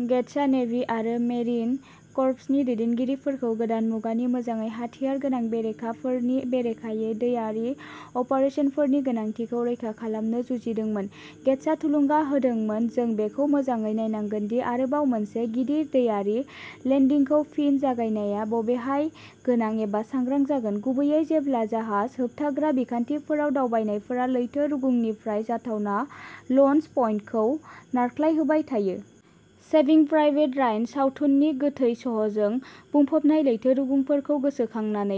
गेट्सआ navy आरो marine कर्प्सनि दैदेनगिरिफोरखौ गोदान मुगानि मोजाङै हाथियार गोनां बेरेखाफोरनि बेरेखायै दैआरि अपारेसनफोरनि गोनांथिखौ रैखा खालामनो जुजिदोंमोन। गेट्सआ थुलुंगा होदोंमोन, जों बेखौ मोजाङै नायनांगोन दि आरोबाव मोनसे गिदिर दैआरि लेन्डिंखौ फिन जागायनाया बबेहाय गोनां एबा सांग्रां जागोन, गुबैयै जेब्ला जाहाज होबथाग्रा बिखान्थिफोराव दावबायनायफोरा लैथो रुगुंनिफ्राय जाथावना लञ्च पइन्टखौ नारख्लायहोबाय थायो। सेभिं प्राइभेट रायन सावथुननि गोथै सह'जों बुंफबनाय लैथो रुगुंफोरखौ गोसोखांनानै,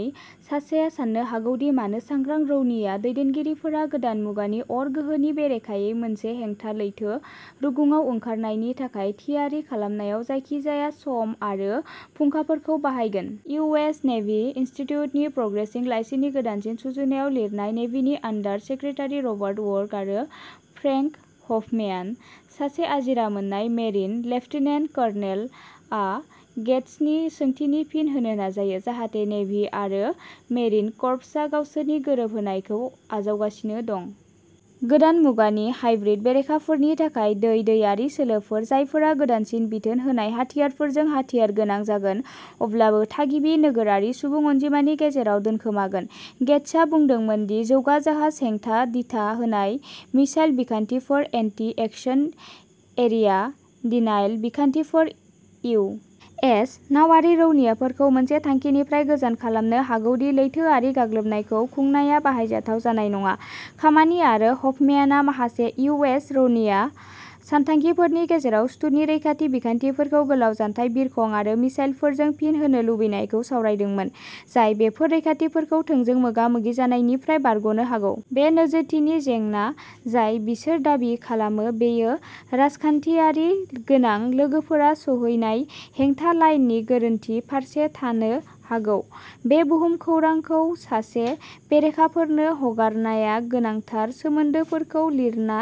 सासेआ साननो हागौ दि मानो सांग्रां रौनिया दैदेनगिरिफोरा गोदान मुगानि अर गोहोनि बेरेखायै मोनसे हेंथा लैथो रुगुंआव ओंखारनायनि थाखाय थियारि खालामनायाव जायखिजाया सम आरो फुंखाफोरखौ बाहायगोन। इउ. एस. नेभी इनस्टिट्युटनि प्र'सीडिंग्स लाइसिनि गोदानसिन सुजुनायाव लिरनाय नेभीनि आन्डार सेक्रेटारि रबार्ट वर्क आरो फ्रेंक हफम्यान, सासे आजिरा मोननाय मेरिन लेफ्टिनेन्ट कर्नेलआ गेट्सनि सोंथिनि फिन होनो नाजायो, जाहाते नेभी आरो मेरिन कर्प्सआ गावसोरनि गोरोबहोनायखौ आजावगासिनो दं। गोदान मुगानि "हाइब्रिद" बेरेखाफोरनि थाखाय दै-दैआरि सोलोफोर, जायफोरा गोदानसिन बिथोन होनाय हाथियारफोरजों हाथियारगोनां जागोन, अब्लाबो थागिबि नोगोरारि सुबुं अनजिमानि गेजेराव दोनखोमागोन। गेट्सआ बुंदोंमोन दि जौगा जाहाज हेंथा दिथा होनाय मिसाइल बिखान्थिफोर "एन्टी-एक्सन एरिया डिनायल" बिखान्थिफोर इउ. एस. नावारि रौनियाफोरखौ मोनसे थांखिनिफ्राय गोजान खालामनो हागौ दि लैथोआरि गाग्लोबनायखौ खुंनाया बाहायजाथाव जानाय नङा। खामानि आरो हफम्यानआ माखासे इउ. एस. रौनिया सानथांखिफोरनि गेजेराव सुथुरनि रैखाथि बिखान्थिफोरखौ गोलाव जानथाय बिरखं आरो मिसाइलफोरजों फिन होनो लुबैनायखौ सावरायदोंमोन, जाय बेफोर रैखाथिफोरखौ थोंजों मोगा-मोगि जानायनिफ्राय बारग'नो हागौ। बे नोजोरथिनि जेंना जाय बिसोर दाबि खालामो बेयो राजखानथियारि गोनां लोगोफोरा सौहैनाय हेंथा लाइननि गोरोन्थि फारसे थानो हागौ। बे भुमखौरांखौ सासे बेरेखाफोरनो हगारनाया गोनांथार सोमोन्दोफोरखौ लिरना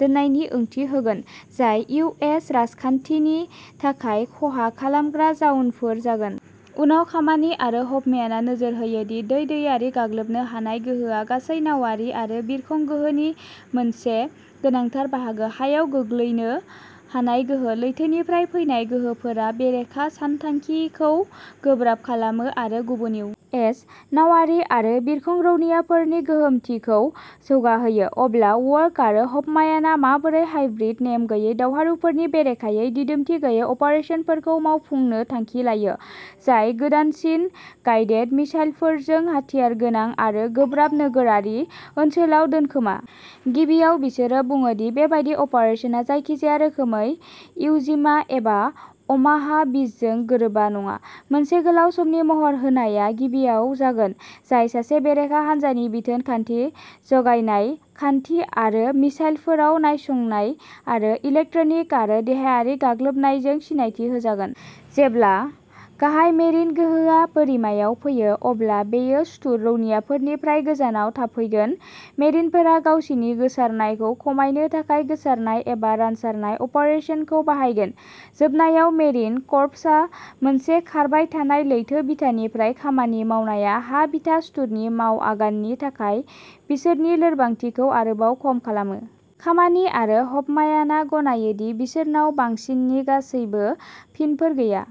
दोननायनि ओंथि होगोन, जाय इउ. एस. राजखानथिनि थाखाय खहा खालामग्रा जाउनफोर जागोन। उनाव खामानि आरो हफम्यानआ नोजोर होयो दि दै-दैआरि गाग्लोबनो हानाय गोहोआ गासै नावारि आरो बिरखं गोहोनि मोनसे गोनांथार बाहागो। हायाव गोग्लैनो हानाय गोहो। लैथोनिफ्राय फैनाय गोहोफोरा बेरेखा सानथांखिखौ गोब्राब खालामो आरो गुबुन इउ. एस. नावारि आरो बिरखं रौनियाफोरनि गोहोमथिखौ जौगाहोयो। अब्ला वर्क आरो हफम्यानआ माबोरै "हाइब्रिद" नेम गैयै दावहारुफोरनि बेरेखायै दिदोमथि गैयै अपारेसनफोरखौ मावफुंनो थांखि लायो, जाय गोदानसिन गाइडेड मिसाइलफोरजों हाथियारगोनां आरो गोब्राब नोगोरारि ओनसोलाव दोनखोमा। गिबियाव बिसोरो बुङो दि बेबादि अपारेसनआ जायखिजाया रोखोमै इव'जिमा एबा अमाहा बीचजों गोरोबा नङा। मोनसे गोलाव समनि महर होनायआ गिबियाव जागोन, जाय सासे बेरेखा हान्जानि बिथोन खान्थि, जगायनाय खान्थि आरो मिसाइलफोराव नायसंनाय आरो इलेक्ट्रेनिक आरो देहायारि गाग्लोबनायजों सिनायथि होजागोन। जेब्ला गाहाय मेरिन गोहोआ बोरिमायाव फैयो, अब्ला बेयो सुथुर रौनियाफोरनिफ्राय गोजानाव थाफैगोन। मेरिनफोरा गावसिनि गोसारनायखौ खमायनो थाखाय गोसारनाय एबा "रानसारनाय अपारेसन" खौ बाहायगोन। जोबनायाव, मेरिन कर्प्सआ मोनसे खारबाय थानाय लैथो बिथानिफ्राय खामानि मावनाया हा-बिथा सुथुरनि माव आगाननि थाखाय बिसोरनि लोरबांथिखौ आरोबाव खम खालामो। खामानि आरो हफम्यानआ गनायो दि बिसोरनाव बांसिननि गासैबो फिनफोर गैया।